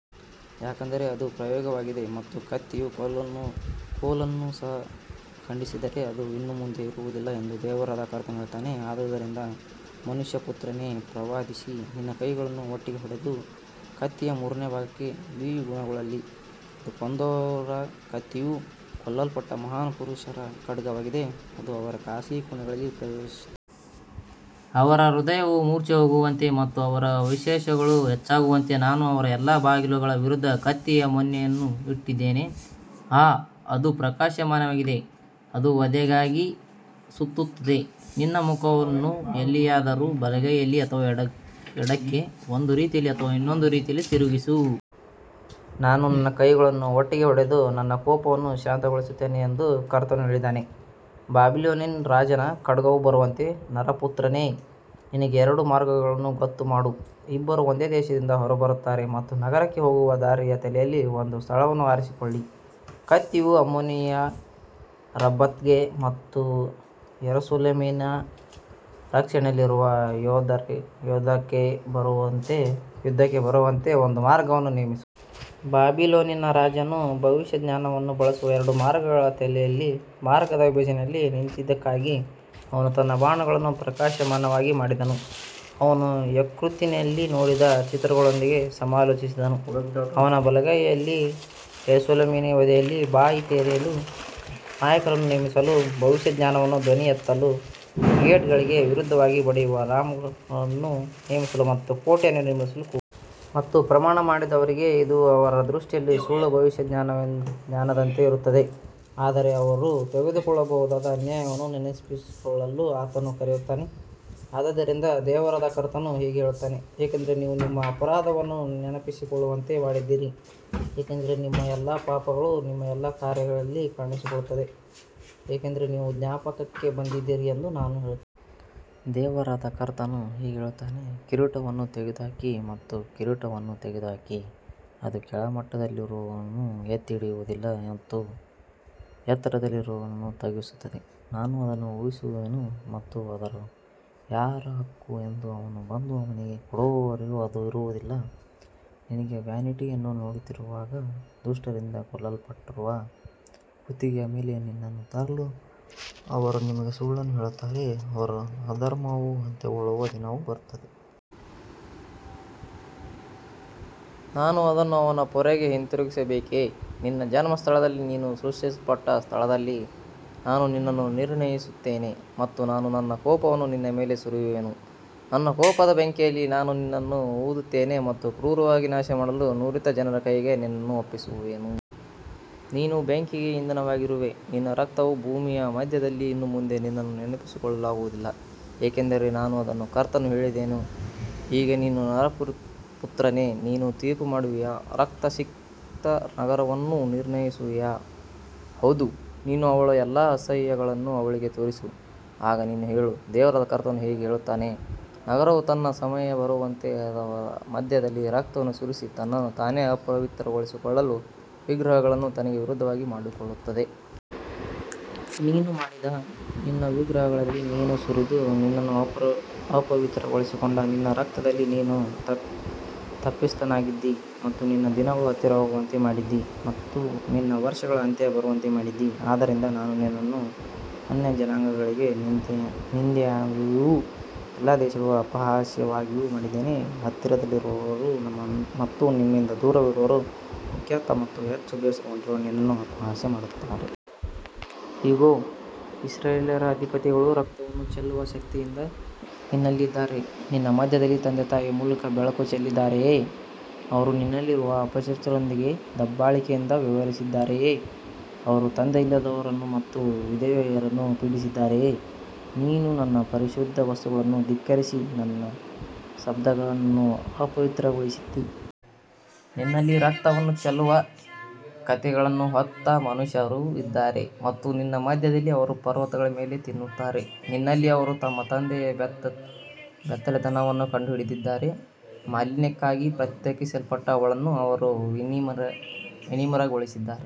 ಯಾಕಂದರೆ ಅದು ಪ್ರಯೋಗವಾಗಿದೆ ಮತ್ತು ಕತ್ತಿಯು ಕೋಲನ್ನು ಸಹ ಖಂಡಿಸಿದರೆ ಅದು ಇನ್ನು ಮುಂದೆ ಇರುವುದಿಲ್ಲ ಎಂದು ದೇವರಾದ ಕರ್ತನು ಹೇಳುತ್ತಾನೆ. ಆದುದರಿಂದ ಮನುಷ್ಯಪುತ್ರನೇ, ಪ್ರವಾದಿಸಿ, ನಿನ್ನ ಕೈಗಳನ್ನು ಒಟ್ಟಿಗೆ ಹೊಡೆದು, ಕತ್ತಿಯು ಮೂರನೇ ಬಾರಿಗೆ ದ್ವಿಗುಣಗೊಳ್ಳಲಿ. ಅದು ಕೊಂದವರ ಕತ್ತಿಯು, ಕೊಲ್ಲಲ್ಪಟ್ಟ ಮಹಾನ್ ಪುರುಷರ ಖಡ್ಗವಾಗಿದೆ, ಅದು ಅವರ ಖಾಸಗಿ ಕೋಣೆಗಳಿಗೆ ಪ್ರವೇಶಿಸುತ್ತದೆ. ಅವರ ಹೃದಯವು ಮೂರ್ಛೆಹೋಗುವಂತೆ ಮತ್ತು ಅವರ ಅವಶೇಷಗಳು ಹೆಚ್ಚಾಗುವಂತೆ ನಾನು ಅವರ ಎಲ್ಲಾ ಬಾಗಿಲುಗಳ ವಿರುದ್ಧ ಕತ್ತಿಯ ಮೊನೆಯನ್ನು ಇಟ್ಟಿದ್ದೇನೆ. ಆಹ್, ಅದು ಪ್ರಕಾಶಮಾನವಾಗಿದೆ, ಅದು ವಧೆಗಾಗಿ ಸುತ್ತುತ್ತದೆ. ನಿನ್ನ ಮುಖವನ್ನು ಎಲ್ಲಿಯಾದರೂ ಬಲಗೈಯಲ್ಲಿ ಅಥವಾ ಎಡಕ್ಕೆ, ಒಂದು ರೀತಿಯಲ್ಲಿ ಅಥವಾ ಇನ್ನೊಂದು ರೀತಿಯಲ್ಲಿ ತಿರುಗಿಸು. ನಾನು ನನ್ನ ಕೈಗಳನ್ನು ಒಟ್ಟಿಗೆ ಹೊಡೆದು ನನ್ನ ಕೋಪವನ್ನು ಶಾಂತಗೊಳಿಸುತ್ತೇನೆ ಎಂದು ಕರ್ತನು ಹೇಳಿದ್ದಾನೆ. ಬಾಬಿಲೋನಿನ ರಾಜನ ಖಡ್ಗವು ಬರುವಂತೆ ನರಪುತ್ರನೇ, ನಿನಗೆ ಎರಡು ಮಾರ್ಗಗಳನ್ನು ಗೊತ್ತುಮಾಡು. ಇಬ್ಬರೂ ಒಂದೇ ದೇಶದಿಂದ ಹೊರಬರುತ್ತಾರೆ ಮತ್ತು ನಗರಕ್ಕೆ ಹೋಗುವ ದಾರಿಯ ತಲೆಯಲ್ಲಿ ಒಂದು ಸ್ಥಳವನ್ನು ಆರಿಸಿಕೊಳ್ಳಿ. ಕತ್ತಿಯು ಅಮ್ಮೋನಿಯರ ರಬ್ಬತ್ಗೆ ಮತ್ತು ಯೆರೂಸಲೇಮಿನ ರಕ್ಷಣೆಯಲ್ಲಿರುವ ಯೆಹೂದಕ್ಕೆ ಬರುವಂತೆ ಒಂದು ಮಾರ್ಗವನ್ನು ನೇಮಿಸು. ಬಾಬಿಲೋನಿನ ರಾಜನು ಭವಿಷ್ಯಜ್ಞಾನವನ್ನು ಬಳಸುವ ಎರಡು ಮಾರ್ಗಗಳ ತಲೆಯಲ್ಲಿ ಮಾರ್ಗದ ವಿಭಜನೆಯಲ್ಲಿ ನಿಂತಿದ್ದಕ್ಕಾಗಿ, ಅವನು ತನ್ನ ಬಾಣಗಳನ್ನು ಪ್ರಕಾಶಮಾನವಾಗಿ ಮಾಡಿದನು, ಅವನು ಯಕೃತ್ತಿನಲ್ಲಿ ನೋಡಿದ ಚಿತ್ರಗಳೊಂದಿಗೆ ಸಮಾಲೋಚಿಸಿದನು. ಅವನ ಬಲಗೈಯಲ್ಲಿ ಯೆರೂಸಲೇಮಿಗೆ ವಧೆಯಲ್ಲಿ ಬಾಯಿ ತೆರೆಯಲು ನಾಯಕರನ್ನು ನೇಮಿಸಲು, ಭವಿಷ್ಯಜ್ಞಾನವು ಧ್ವನಿ ಎತ್ತಲು, ಗೇಟ್ಗಳಿಗೆ ವಿರುದ್ಧವಾಗಿ ಬಡಿಯುವ ರಾಮ್ಗಳನ್ನು ನೇಮಿಸಲು ಮತ್ತು ಕೋಟೆಯನ್ನು ನಿರ್ಮಿಸಲು ಕೂಗುತ್ತದೆ. ಮತ್ತು ಪ್ರಮಾಣ ಮಾಡಿದವರಿಗೆ ಇದು ಅವರ ದೃಷ್ಟಿಯಲ್ಲಿ ಸುಳ್ಳು ಭವಿಷ್ಯಜ್ಞಾನದಂತೆ ಇರುತ್ತದೆ, ಆದರೆ ಅವರು ತೆಗೆದುಕೊಳ್ಳಬಹುದಾದ ಅನ್ಯಾಯವನ್ನು ನೆನಪಿಸಿಕೊಳ್ಳಲು ಆತನು ಕರೆಯುತ್ತಾನೆ. ಆದದರಿಂದ ದೇವರಾದ ಕರ್ತನು ಹೀಗೆ ಹೇಳುತ್ತಾನೆ, ಏಕೆಂದರೆ ನೀವು ನಿಮ್ಮ ಅಪರಾಧವನ್ನು ನೆನಪಿಸಿಕೊಳ್ಳುವಂತೆ ಮಾಡಿದ್ದೀರಿ, ಏಕೆಂದರೆ ನಿಮ್ಮ ಎಲ್ಲಾ ಪಾಪಗಳು ನಿಮ್ಮ ಎಲ್ಲಾ ಕಾರ್ಯಗಳಲ್ಲಿ ಕಾಣಿಸಿಕೊಳ್ಳುತ್ತವೆ, ಏಕೆಂದರೆ ನೀವು ಜ್ಞಾಪಕಕ್ಕೆ ಬಂದಿದ್ದೀರಿ ಎಂದು ನಾನು ಹೇಳುತ್ತೇನೆ. ದೇವರಾದ ಕರ್ತನು ಹೀಗೆ ಹೇಳುತ್ತಾನೆ, ಕಿರೀಟವನ್ನು ತೆಗೆದುಹಾಕಿ ಮತ್ತು ಕಿರೀಟವನ್ನು ತೆಗೆದುಹಾಕಿ, ಅದು ಕೆಳಮಟ್ಟದಲ್ಲಿರುವವನನ್ನು ಎತ್ತಿಹಿಡಿಯುವುದಿಲ್ಲ ಮತ್ತು ಎತ್ತರದಲ್ಲಿರುವವನನ್ನು ತಗ್ಗಿಸುತ್ತದೆ. ನಾನು ಅದನ್ನು ಉರುಳಿಸುವೆನು ಮತ್ತು ಅದು ಯಾರ ಹಕ್ಕು ಎಂದು ಅವನು ಬಂದು ಅವನಿಗೆ ಕೊಡುವವರೆಗೂ ಅದು ಇರುವುದಿಲ್ಲ. ಅವರು ನಿನಗೆ ವ್ಯಾನಿಟಿಯನ್ನು ನೋಡುತ್ತಿರುವಾಗ, ದುಷ್ಟರಿಂದ ಕೊಲ್ಲಲ್ಪಟ್ಟವರ ಕುತ್ತಿಗೆಯ ಮೇಲೆ ನಿನ್ನನ್ನು ತರಲು ಅವರು ನಿಮಗೆ ಸುಳ್ಳನ್ನು ಹೇಳುತ್ತಾರೆ, ಅವರ ಅಧರ್ಮವು ಅಂತ್ಯಗೊಳ್ಳುವ ದಿನವು ಬರುತ್ತದೆ. ನಾನು ಅದನ್ನು ಅವನ ಪೊರೆಗೆ ಹಿಂತಿರುಗಿಸಬೇಕೇ, ನಿನ್ನ ಜನ್ಮಸ್ಥಳದಲ್ಲಿ ನೀನು ಸೃಷ್ಟಿಸಲ್ಪಟ್ಟ ಸ್ಥಳದಲ್ಲಿ ನಾನು ನಿನ್ನನ್ನು ನಿರ್ಣಯಿಸುತ್ತೇನೆ ಮತ್ತು ನಾನು ನನ್ನ ಕೋಪವನ್ನು ನಿನ್ನ ಮೇಲೆ ಸುರಿಯುವೆನು. ನನ್ನ ಕೋಪದ ಬೆಂಕಿಯಲ್ಲಿ ನಾನು ನಿನ್ನನ್ನು ಊದುತ್ತೇನೆ ಮತ್ತು ಕ್ರೂರವಾಗಿ ನಾಶಮಾಡಲು ನುರಿತ ಜನರ ಕೈಗೆ ನಿನ್ನನ್ನು ಒಪ್ಪಿಸುವೆನು. ನೀನು ಬೆಂಕಿಗೆ ಇಂಧನವಾಗಿರುವೆ, ನಿನ್ನ ರಕ್ತವು ಭೂಮಿಯ ಮಧ್ಯದಲ್ಲಿದೆ, ಇನ್ನು ಮುಂದೆ ನಿನ್ನನ್ನು ನೆನಪಿಸಿಕೊಳ್ಳಲಾಗುವುದಿಲ್ಲ, ಏಕೆಂದರೆ ನಾನು ಅದನ್ನು ಕರ್ತನು ಹೇಳಿದ್ದೇನೆ. ಈಗ ನೀನು ನರಪುತ್ರನೇ, ನೀನು ತೀರ್ಪುಮಾಡುವಿಯಾ, ರಕ್ತಸಿಕ್ತ ನಗರವನ್ನು ನಿರ್ಣಯಿಸುವಿಯಾ? ಹೌದು, ನೀನು ಅವಳ ಎಲ್ಲಾ ಅಸಹ್ಯಗಳನ್ನು ಅವಳಿಗೆ ತೋರಿಸು. ಆಗ ನೀನು ಹೇಳು, ದೇವರಾದ ಕರ್ತನು ಹೀಗೆ ಹೇಳುತ್ತಾನೆ, ನಗರವು ತನ್ನ ಸಮಯ ಬರುವಂತೆ ಅದರ ಮಧ್ಯದಲ್ಲಿ ರಕ್ತವನ್ನು ಸುರಿಸಿ ತನ್ನನ್ನು ತಾನೇ ಅಪವಿತ್ರಗೊಳಿಸಿಕೊಳ್ಳಲು ವಿಗ್ರಹಗಳನ್ನು ತನಗೆ ವಿರುದ್ಧವಾಗಿ ಮಾಡಿಕೊಳ್ಳುತ್ತದೆ. ನೀನು ಮಾಡಿದ ನಿನ್ನ ವಿಗ್ರಹಗಳಲ್ಲಿ ನೀನು ಸುರಿದು ನಿನ್ನನ್ನು ಅಪವಿತ್ರಗೊಳಿಸಿಕೊಂಡ ನಿನ್ನ ರಕ್ತದಲ್ಲಿ ನೀನು ತಪ್ಪಿತಸ್ಥನಾಗಿದ್ದೀ ಮತ್ತು ನಿನ್ನ ದಿನಗಳು ಹತ್ತಿರವಾಗುವಂತೆ ಮಾಡಿದ್ದೀ ಮತ್ತು ನಿನ್ನ ವರ್ಷಗಳ ಅಂತ್ಯ ಬರುವಂತೆ ಮಾಡಿದ್ದೀ. ಆದ್ದರಿಂದ ನಾನು ನಿನ್ನನ್ನು ಅನ್ಯಜನಾಂಗಗಳಿಗೆ ನಿಂದೆಯಾಗಿಯೂ ಎಲ್ಲಾ ದೇಶಗಳಿಗೆ ಅಪಹಾಸ್ಯವಾಗಿಯೂ ಮಾಡಿದ್ದೇನೆ. ಹತ್ತಿರದಲ್ಲಿರುವವರು ಮತ್ತು ನಿಮ್ಮಿಂದ ದೂರವಿರುವವರು ಕುಖ್ಯಾತ ಮತ್ತು ಹೆಚ್ಚು ಬೇಸರಗೊಂಡಿರುವ ನಿನ್ನನ್ನು ಅಪಹಾಸ್ಯ ಮಾಡುತ್ತಾರೆ. ಇಗೋ, ಇಸ್ರಾಯೇಲ್ಯರ ಅಧಿಪತಿಗಳು ರಕ್ತವನ್ನು ಚೆಲ್ಲುವ ಶಕ್ತಿಯಿಂದ ನಿನ್ನಲ್ಲಿ ಇದ್ದಾರೆ. ನಿನ್ನ ಮಧ್ಯದಲ್ಲಿ ತಂದೆ ತಾಯಿಯ ಮೂಲಕ ಬೆಳಕು ಚೆಲ್ಲಿದ್ದಾರೆಯೇ? ಅವರು ನಿನ್ನಲ್ಲಿರುವ ಅಪರಿಚಿತರೊಂದಿಗೆ ದಬ್ಬಾಳಿಕೆಯಿಂದ ವ್ಯವಹರಿಸಿದ್ದಾರೆಯೇ? ಅವರು ತಂದೆಯಿಲ್ಲದವರನ್ನು ಮತ್ತು ವಿಧವೆಯರನ್ನು ಪೀಡಿಸಿದ್ದಾರೆಯೇ? ನೀನು ನನ್ನ ಪರಿಶುದ್ಧ ವಸ್ತುಗಳನ್ನು ಧಿಕ್ಕರಿಸಿ ನನ್ನ ಸಬ್ಬತ್ಗಳನ್ನು ಅಪವಿತ್ರಗೊಳಿಸಿದ್ದೀ. ನಿನ್ನಲ್ಲಿ ರಕ್ತವನ್ನು ಚೆಲ್ಲುವ ಕಥೆಗಳನ್ನು ಹೊತ್ತ ಮನುಷ್ಯರು ಇದ್ದಾರೆ ಮತ್ತು ನಿನ್ನ ಮಧ್ಯದಲ್ಲಿ ಅವರು ಪರ್ವತಗಳ ಮೇಲೆ ತಿನ್ನುತ್ತಾರೆ. ನಿನ್ನಲ್ಲಿ ಅವರು ತಮ್ಮ ತಂದೆಯ ಬೆತ್ತಲೆತನವನ್ನು ಕಂಡುಹಿಡಿದಿದ್ದಾರೆ, ಮಾಲಿನ್ಯಕ್ಕಾಗಿ ಪ್ರತ್ಯೇಕಿಸಲ್ಪಟ್ಟ ಅವಳನ್ನು ಅವರು ವಿನಮ್ರಗೊಳಿಸಿದ್ದಾರೆ.